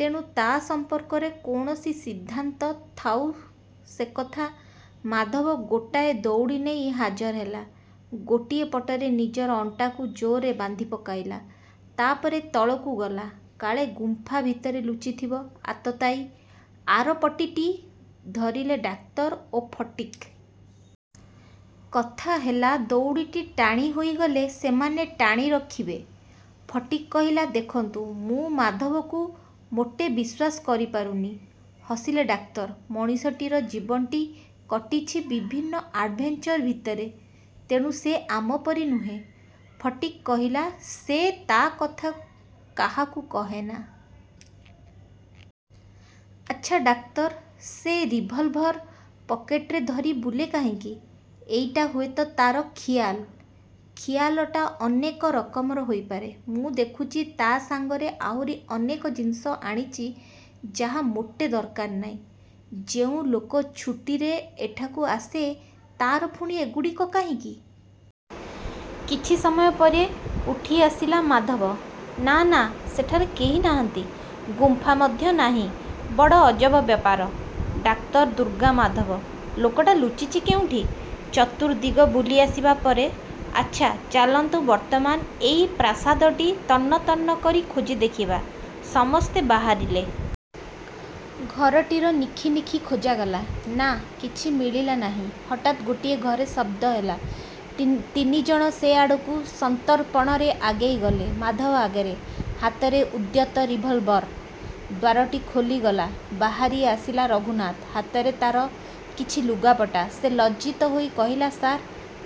ତେଣୁ ତା ସମ୍ପର୍କରେ କୌଣସି ସିଦ୍ଧାନ୍ତ ଥାଉ ସେକଥା। ମାଧବ ଗୋଟାଏ ଦଉଡ଼ି ନେଇ ହାଜର ହେଲା। ଗୋଟିଏ ପଟରେ ନିଜର ଅଣ୍ଟାକୁ ଜୋରରେ ବାନ୍ଧିପକାଇଲା। ତା'ପରେ ତଳକୁ ଗଲା, କାଳେ ଗୁମ୍ଫା ଭିତରେ ଲୁଚିଥିବ ଆତତାୟୀ। ଆର ପଟିଟି ଧରିଲେ ଡାକ୍ତର ଓ ଫଟିକ୍। କଥା ହେଲା ଦଉଡ଼ିଟି ଟାଣି ହୋଇଗଲେ ସେମାନେ ଟାଣି ରଖିବେ। ଫଟିକ୍ କହିଲା-ଦେଖନ୍ତୁ, ମୁଁ ମାଧବକୁ ମୋଟେ ବିଶ୍ୱାସ କରିପାରୁନି। ହସିଲେ ଡାକ୍ତର-ମଣିଷଟିର ଜୀବନଟି କଟିଛି ବିଭିନ୍ନ ଆଡଭେଞ୍ଚର ଭିତରେ। ତେଣୁ ସେ ଆମ ପରି ନୁହେଁ। ଫଟିକ୍ କହିଲା-ସେ ତା କଥା କାହାକୁ କହେନା। ଆଚ୍ଛା ଡାକ୍ତର, ସେ ରିଭଲଭର୍ ପକେଟରେ ଧରି ବୁଲେ କାହିଁକି? -ଏଇଟା ହୁଏତ ତା'ର ଖିଆଲ। -ଖିଆଲଟା ଅନେକ ରକମର ହୋଇପାରେ। ମୁଁ ଦେଖୁଛି ତା ସାଙ୍ଗରେ ଆହୁରି ଅନେକ ଜିନିଷ ଆଣିଛି ଯାହା ମୋଟେ ଦରକାର ନାହିଁ। ଯେଉଁ ଲୋକ ଛୁଟିରେ ଏଠାକୁ ଆସେ ତା'ର ପୁଣି ଏଗୁଡ଼ିକ କାହିଁକି? କିଛି ସମୟ ପରେ ଉଠିଆସିଲା ମାଧବ-ନା, ନା, ସେଠାରେ କେହି ନାହାନ୍ତି। ଗୁମ୍ଫା ମଧ୍ୟ ନାହିଁ। ବଡ଼ ଅଜବ ବ୍ୟାପାର, ଡାକ୍ତର ଦୁର୍ଗାମାଧବ! ଲୋକଟା ଲୁଚିଛି କେଉଁଠି? ଚତୁର୍ଦ୍ଦିଗ ବୁଲିଆସିବା ପରେ ଆଚ୍ଛା, ଚାଲନ୍ତୁ ବର୍ତ୍ତମାନ ଏହି ପ୍ରାସାଦଟି ତନ୍ନତନ୍ନ କରି ଖୋଜି ଦେଖିବା। ସମସ୍ତେ ବାହାରିଲେ। ଘରଟିର ନିଖିନିଖି ଖୋଜାଗଲା। ନା, କିଛି ମିଳିଲା ନାହିଁ। ହଠାତ୍ ଗୋଟିଏ ଘରେ ଶଦ୍ଦ ହେଲା। ତିନିଜଣ ସେ ଆଡ଼କୁ ସନ୍ତର୍ପଣରେ ଆଗେଇଗଲେ। ମାଧବ ଆଗରେ। ହାତରେ ଉଦ୍ୟତ ରିଭଲଭର୍। ଦ୍ଵାରଟି ଖୋଲିଗଲା। ବାହାରିଆସିଲା ରଘୁନାଥ। ହାତରେ ତା'ର କିଛି ଲୁଗାପଟା। ସେ ଲଜ୍ଜିତ ହୋଇ କହିଲା-ସାର୍,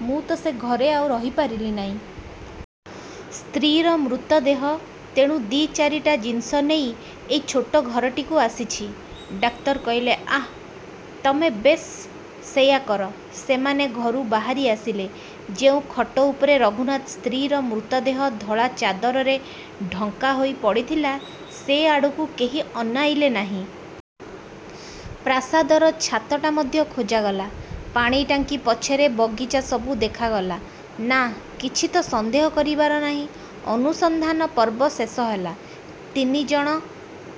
ମୁଁ ତ ସେ ଘରେ ଆଉ ରହିପାରିଲି ନାହିଁ। ସ୍ତ୍ରୀର ମୃତଦେହ। ତେଣୁ ଦି'ଚାରିଟା ଜିନିଷ ନେଇ ଏଇ ଛୋଟ ଘରଟିକୁ ଆସିଛି। ଡାକ୍ତର କହିଲେ-ଆଃ, ତମେ! ବେଶ୍, ସେଇଆ କର। ସେମାନେ ଘରୁ ବାହାରିଆସିଲେ। ଯେଉଁ ଖଟ ଉପରେ ରଘୁନାଥ ସ୍ତ୍ରୀର ମୃତଦେହ ଧଳା ଚାଦରରେ ଢଙ୍କା ହୋଇ ପଡ଼ିଥିଲା ସେ ଆଡ଼କୁ କେହି ଅନାଇଲେ ନାହିଁ। ପ୍ରାସାଦର ଛାତଟା ମଧ୍ୟ ଖୋଜାଗଲା। ପାଣିଟାଙ୍କି, ପଛର ବଗିଚା ସବୁ ଦେଖାଗଲା। ନା, କିଛି ତ ସନ୍ଦେହ କରିବାର ନାହିଁ। ଅନୁସନ୍ଧାନ ପର୍ବ ଶେଷ ହେଲା। ତିନିଜଣ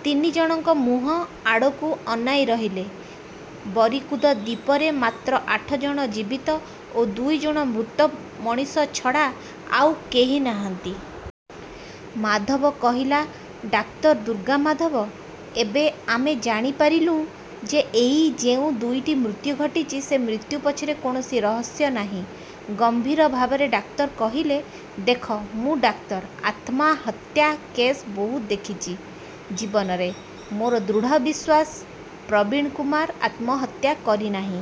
ତିନିଜଣଙ୍କ ମୁହଁ ଆଡ଼କୁ ଅନାଇରହିଲେ। ବରିକୁଦ ଦ୍ଵୀପରେ ମାତ୍ର ଆଠଜଣ ଜୀବିତ ଓ ଦୁଇଜଣ ମୃତ ମଣିଷ ଛଡ଼ା ଆଉ କେହି ନାହାନ୍ତି। ମାଧବ କହିଲା-ଡାକ୍ତର ଦୁର୍ଗାମାଧବ, ଏବେ ଆମେ ଜାଣିପାରିଲୁଁ ଯେ ଏହି ଯେଉଁ ଦୁଇଟି ମୃତ୍ୟୁ ଘଟିଛି ସେ ମୃତ୍ୟୁ ପଛରେ କୌଣସି ରହସ୍ୟ ନାହିଁ। ଗମ୍ଭୀର ଭାବରେ ଡାକ୍ତର କହିଲେ-ଦେଖ, ମୁଁ ଡାକ୍ତର। ଆତ୍ମାହତ୍ୟା କେସ୍ ବହୁତ ଦେଖିଛି ଜୀବନରେ। ମୋର ଦୃଢ଼ବିଶ୍ଵାସ, ପ୍ରବୀଣକୁମାର ଆତ୍ମହତ୍ୟା କରିନାହିଁ।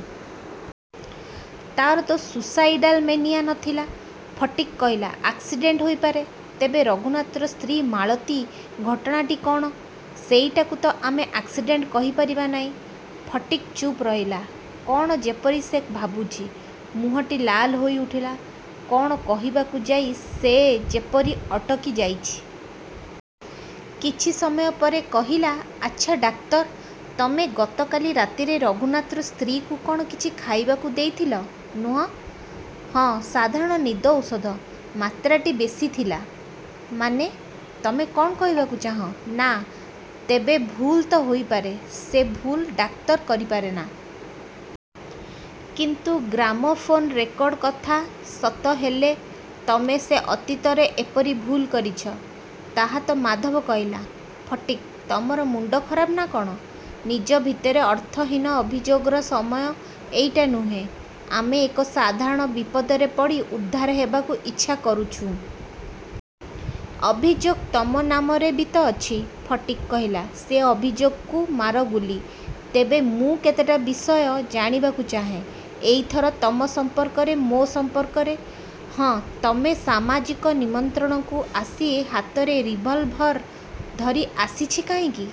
ତା'ର ତ ସୁଇସାଇଡାଲ ମେନିଆ ନ ଥିଲା! ଫଟିକ୍ କହିଲା-ଆକ୍ସିଡେଣ୍ଟ ହୋଇପାରେ। ତେବେ ରଘୁନାଥର ସ୍ତ୍ରୀ ମାଳତୀ ଘଟଣାଟି କ'ଣ? ସେଇଟାକୁ ତ ଆମେ ଆକ୍ସିଡେଣ୍ଟ କହିପାରିବା ନାହିଁ। ଫଟିକ୍ ଚୁପ୍ ରହିଲା। କଣ ଯେପରି ସେ ଭାବୁଛି। ମୁହଁଟି ଲାଲ ହୋଇଉଠିଲା। କଣ କହିବାକୁ ଯାଇ ସେ ଯେପରି ଅଟକିଯାଇଛି। କିଛିସମୟ ପରେ କହିଲା-ଆଚ୍ଛା, ଡାକ୍ତର, ତମେ ଗତକାଲି ରାତିରେ ରଘୁନାଥର ସ୍ତ୍ରୀକୁ କ'ଣ କିଛି ଖାଇବାକୁ ଦେଇଥିଲ, ନୁହଁ? -ହଁ, ସାଧାରଣ ନିଦ ଔଷଧ। -ମାତ୍ରାଟି ବେଶି ଥିଲା? -ମାନେ, ତମେ କ'ଣ କହିବାକୁ ଚାହଁ? -ନା, ତେବେ ଭୁଲ ତ ହୋଇପାରେ। -ସେ ଭୁଲ ଡାକ୍ତର କରିପାରେନା। -କିନ୍ତୁ ଗ୍ରାମୋଫୋନ୍ ରେକର୍ଡ଼ କଥା ସତ ହେଲେ ତମେ ସେ ଅତୀତରେ ଏପରି ଭୁଲ କରିଛ, ତାହା ତ ମାଧବ କହିଲା-ଫଟିକ୍, ତମର ମୁଣ୍ଡ ଖରାପ ନା କ'ଣ? ନିଜ ଭିତରେ ଅର୍ଥହୀନ ଅଭିଯୋଗର ସମୟ ଏଇଟା ନୁହେଁ। ଆମେ ଏକ ସାଧାରଣ ବିପଦରେ ପଡ଼ି ଉଦ୍ଧାର ହେବାକୁ ଇଚ୍ଛା କରୁଛୁଁ। ଅଭିଯୋଗ ତମ ନାମରେ ବି ତ ଅଛି। ଫଟିକ୍ କହିଲା-ସେ ଅଭିଯୋଗକୁ ମାର ଗୁଲି। ତେବେ ମୁଁ କେତେଟା। ବିଷୟ ଜାଣିବାକୁ ଚାହେଁ। ଏଇଥର ତମ ସମ୍ପର୍କରେ -ମୋ ସମ୍ପର୍କରେ? -ହଁ, ତମେ ସାମାଜିକ ନିମନ୍ତ୍ରଣକୁ ଆସି ହାତରେ ରିଭଲଭର୍ ଧରି ଆସିଛି କାହିଁକି?